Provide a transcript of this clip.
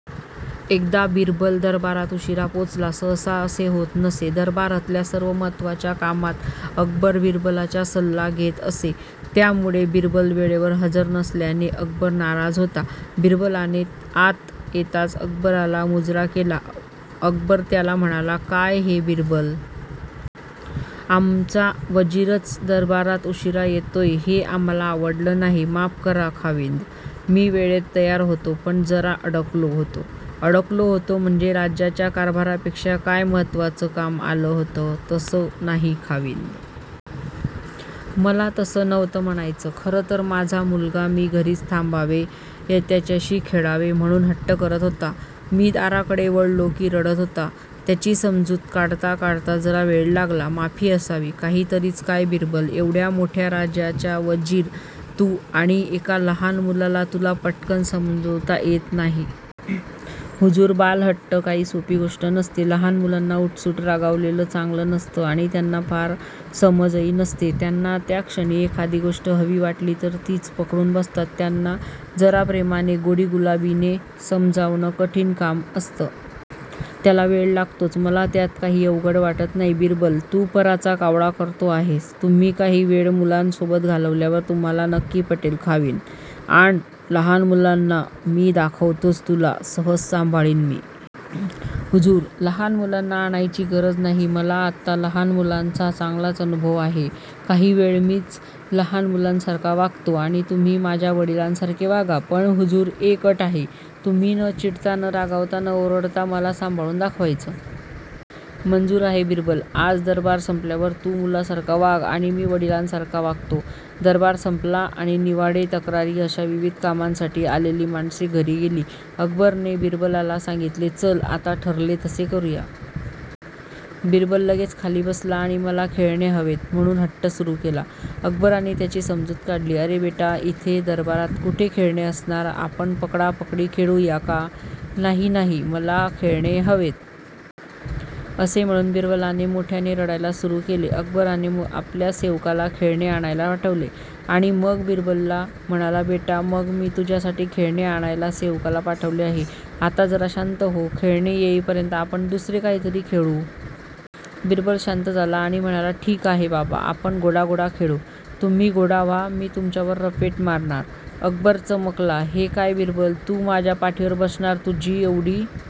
एकदा बिरबल दरबारात उशिरा पोहोचला. सहसा असे होत नसे. दरबारातल्या सर्व महत्वाच्या कामात अकबर बिरबलाच्या सल्ला घेत असे. त्यामुळे बिरबल वेळेवर हजर नसल्याने अकबर नाराज होता. बिरबलाने आत येताच अकबराला मुजरा केला. अकबर त्याला म्हणाला, काय हे बिरबल? आमचा वजीरच दरबारात उशिरा येतोय हे आम्हाला आवडलं नाही. माफ करा खाविंद. मी वेळेत तयार होतो, पण जरा अडकलो होतो. अडकलो होतो म्हणजे, राज्याच्या कारभारापेक्षा काय महत्वाचं काम आलं होतं? तसं नाही खाविंद. मला तसं नव्हतं म्हणायचं. खरं तर माझा मुलगा मी घरीच थांबावे, त्याच्याशी खेळावे म्हणुन हट्ट करत होता. मी दाराकडे वळलो कि रडत होता. त्याची समजुत काढता काढता जरा वेळ लागला. माफी असावी. काहीतरीच काय बिरबल, एवढ्या मोठ्या राज्याचा वजीर तु आणि एका लहान मुलाला तुला पटकन समजावता येत नाही? हुजूर, बालहट्ट काही सोपी गोष्ट नसते. लहान मुलांना उठसूट रागावलेलं चांगलं नसतं आणि त्यांना फार समजही नसते. त्यांना त्याक्षणी एखादी गोष्ट हवी वाटली तर तीच पकडून बसतात. त्यांना जरा प्रेमाने, गोडीगुलाबीने समजावणं कठीण काम असतं. त्याला वेळ लागतोच. मला त्यात काही अवघड वाटत नाही बिरबल. तू पराचा कावळा करतो आहेस. तुम्ही काही वेळ मुलांसोबत घालवल्यावर तुम्हाला नक्की पटेल, खाविंद. आण लहान मुलांना. मी दाखवतोच तुला, सहज सांभाळीन मी. हुजूर, लहान मुलांना आणायची गरज नाही. मला आता लहान मुलांचा चांगलाच अनुभव आहे, काही वेळ मीच लहान मुलांसारखा वागतो आणि तुम्ही माझ्या वडिलांसारखे वागा. पण हुजूर, एक अट आहे. तुम्ही न चिडता, न रागावता, न ओरडता मला सांभाळून दाखवायचं. मंजुर आहे बिरबल, आज दरबार संपल्यावर तु मुलासारखा वाग आणि मी वडिलांसारखा वागतो. दरबार संपला आणि निवाडे, तक्रारी अशा विविध कामांसाठी आलेली माणसे घरी गेली. अकबराने बिरबलाला सांगितले चल आता ठरले तसे करूया. बिरबल लगेच खाली बसला आणि मला खेळणे हवेत म्हणुन हट्ट सुरु केला. अकबराने त्याची समजूत काढली, अरे बेटा, इथे दरबारात कुठे खेळणे असणार? आपण पकडा पकडी खेळूया का? नाही नाही, मला खेळणे हवेत. असे म्हणुन बिरबलाने मोठ्याने रडायला सुरु केले. अकबराने आपल्या सेवकाला खेळणे आणायला पाठवले. आणि मग बिरबलाला म्हणाला बेटा, बघ मी तुझ्यासाठी खेळणे आणायला सेवकाला पाठवले आहे. आता जरा शांत हो. खेळणे येईपर्यंत आपण दुसरे काहीतरी खेळू. बिरबल शांत झाला. आणि म्हणाला ठीक आहे बाबा, आपण घोडा घोडा खेळू. तुम्ही घोडा व्हा, मी तुमच्यावर रपेट मारणार. अकबर चमकला. हे काय बिरबल? तू माझ्या पाठीवर बसणार? तुझी एवढी